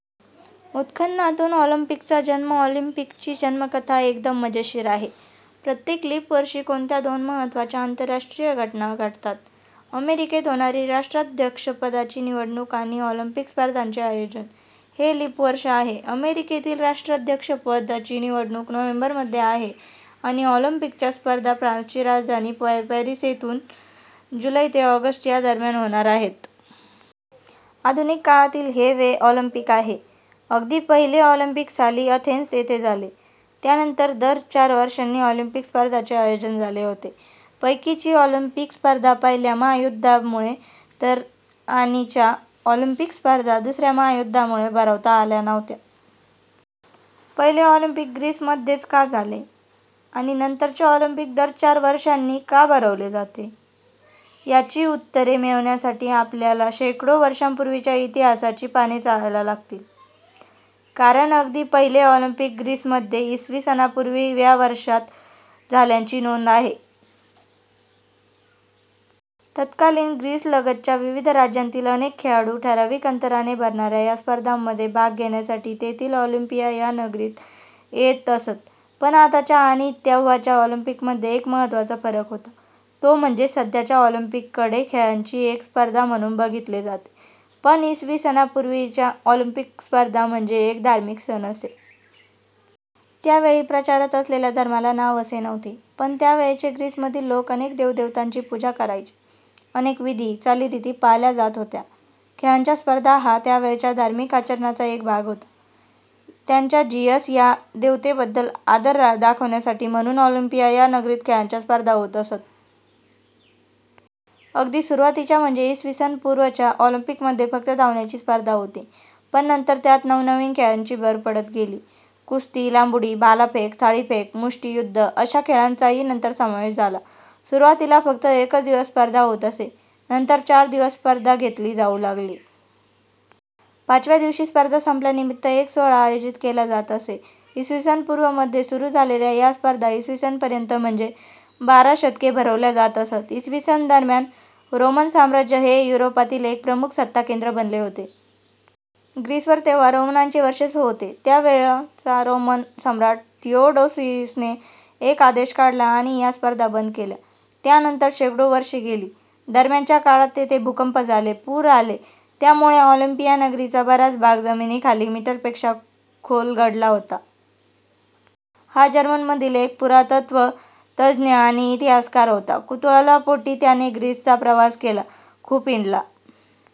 उत्खननातून ऑलिम्पिकचा जन्म ऑलिम्पिकची जन्मकथा एकदम मजेशीर आहे. प्रत्येक लीप वर्षी कोणत्या दोन महत्त्वाच्या आंतरराष्ट्रीय घटना घडतात? -अमेरिकेत होणारी राष्ट्राध्यक्षपदाची निवडणूक आणि ऑलिम्पिक स्पर्धांचे आयोजन! हे लीप वर्ष आहे. अमेरिकेतील राष्ट्राध्यक्षपदाची निवडणूक नोव्हेंबरमध्ये आहे, आणि ऑलिम्पिकच्या स्पर्धा फ्रान्सची राजधानी पॅरिस येथे जुलै ते ऑगस्ट या दरम्यान होणार आहेत. आधुनिक काळातील हे वे ऑलिम्पिक आहे. अगदी पहिले ऑलिम्पिक साली अथेन्स येथे झाले. त्यानंतर दर चार वर्षांनी ऑलिम्पिक स्पर्धांचे आयोजन झाले होते. पैकी ची ऑलिम्पिक स्पर्धा पहिल्या महायुद्धामुळे, तर आणि च्या ऑलिम्पिक स्पर्धा दुसऱ्या महायुद्धामुळे भरवता आल्या नव्हत्या. पहिले ऑलिम्पिक ग्रीसमध्येच का झाले? आणि नंतरचे ऑलिम्पिक दर चार वर्षांनी का भरवले जाते? यांची उत्तरे मिळवण्यासाठी आपल्याला शेकडो वर्षांपूर्वीच्या इतिहासाची पाने चाळायला लागतील. कारण अगदी पहिले ऑलिम्पिक ग्रीसमध्ये इसवी सनापूर्वी व्या वर्षांत झाल्याची नोंद आहे. तत्कालीन ग्रीसलगतच्या विविध राज्यांतील अनेक खेळाडू, ठरावीक अंतराने भरणाऱ्या या स्पर्धांमध्ये भाग घेण्यासाठी तेथील ऑलिम्पिया या नगरीत येत असत. पण आताच्या आणि तेव्हाच्या ऑलिम्पिकमध्ये एक महत्त्वाचा फरक होता, तो म्हणजे सध्याच्या ऑलिम्पिककडे खेळांची एक स्पर्धा म्हणून बघितले जाते, पण इसवी सनापूर्वीच्या ऑलिम्पिक स्पर्धा म्हणजे एक धार्मिक सण असे. त्यावेळी प्रचारात असलेल्या धर्माला नाव असे नव्हते, पण त्यावेळचे ग्रीसमधील लोक अनेक देवदेवतांची पूजा करायचे. अनेक विधी, चालीरीती पाळल्या जात होत्या. खेळांच्या स्पर्धा हा त्यावेळच्या धार्मिक आचरणाचा एक भाग होता. त्यांच्या झीयस या देवतेबद्दल आदर दाखवण्यासाठी म्हणून ऑलिम्पिया या नगरीत खेळांच्या स्पर्धा होत असत. अगदी सुरुवातीच्या म्हणजे इसवी सनपूर्व च्या ऑलिम्पिकमध्ये फक्त धावण्याची स्पर्धा होती. पण नंतर त्यात नवनवीन खेळांची भर पडत गेली. कुस्ती, लांब उडी, भालाफेक, थाळीफेक, मुष्टियुद्ध अशा खेळांचाही नंतर समावेश झाला. सुरुवातीला फक्त एकच दिवस स्पर्धा होत असे, नंतर चार दिवस स्पर्धा घेतली जाऊ लागली. पाचव्या दिवशी स्पर्धा संपल्यानिमित्त एक सोहळा आयोजित केला जात असे. इसवी सन पूर्व मध्ये सुरू झालेल्या या स्पर्धा इसवी सन पर्यंत म्हणजे बारा शतके भरवल्या जात असत. इसवी सन दरम्यान रोमन साम्राज्य हे युरोपातील एक प्रमुख सत्ताकेंद्र बनले होते. ग्रीसवर तेव्हा रोमनांचे वर्चस्व होते. त्यावेळचा रोमन सम्राट थिओडोसीसने एक आदेश काढला आणि या स्पर्धा बंद केल्या. त्यानंतर शेकडो वर्षे गेली. दरम्यानच्या काळात तेथे भूकंप झाले. पूर आले. त्यामुळे ऑलिम्पिया नगरीचा बराच भाग जमिनीखाली मीटरपेक्षा खोल गाडला गेला. हा जर्मनीमधील एक पुरातत्त्व तज्ज्ञ आणि इतिहासकार होता. कुतूहलापोटी त्याने ग्रीसचा प्रवास केला. खूप हिंडला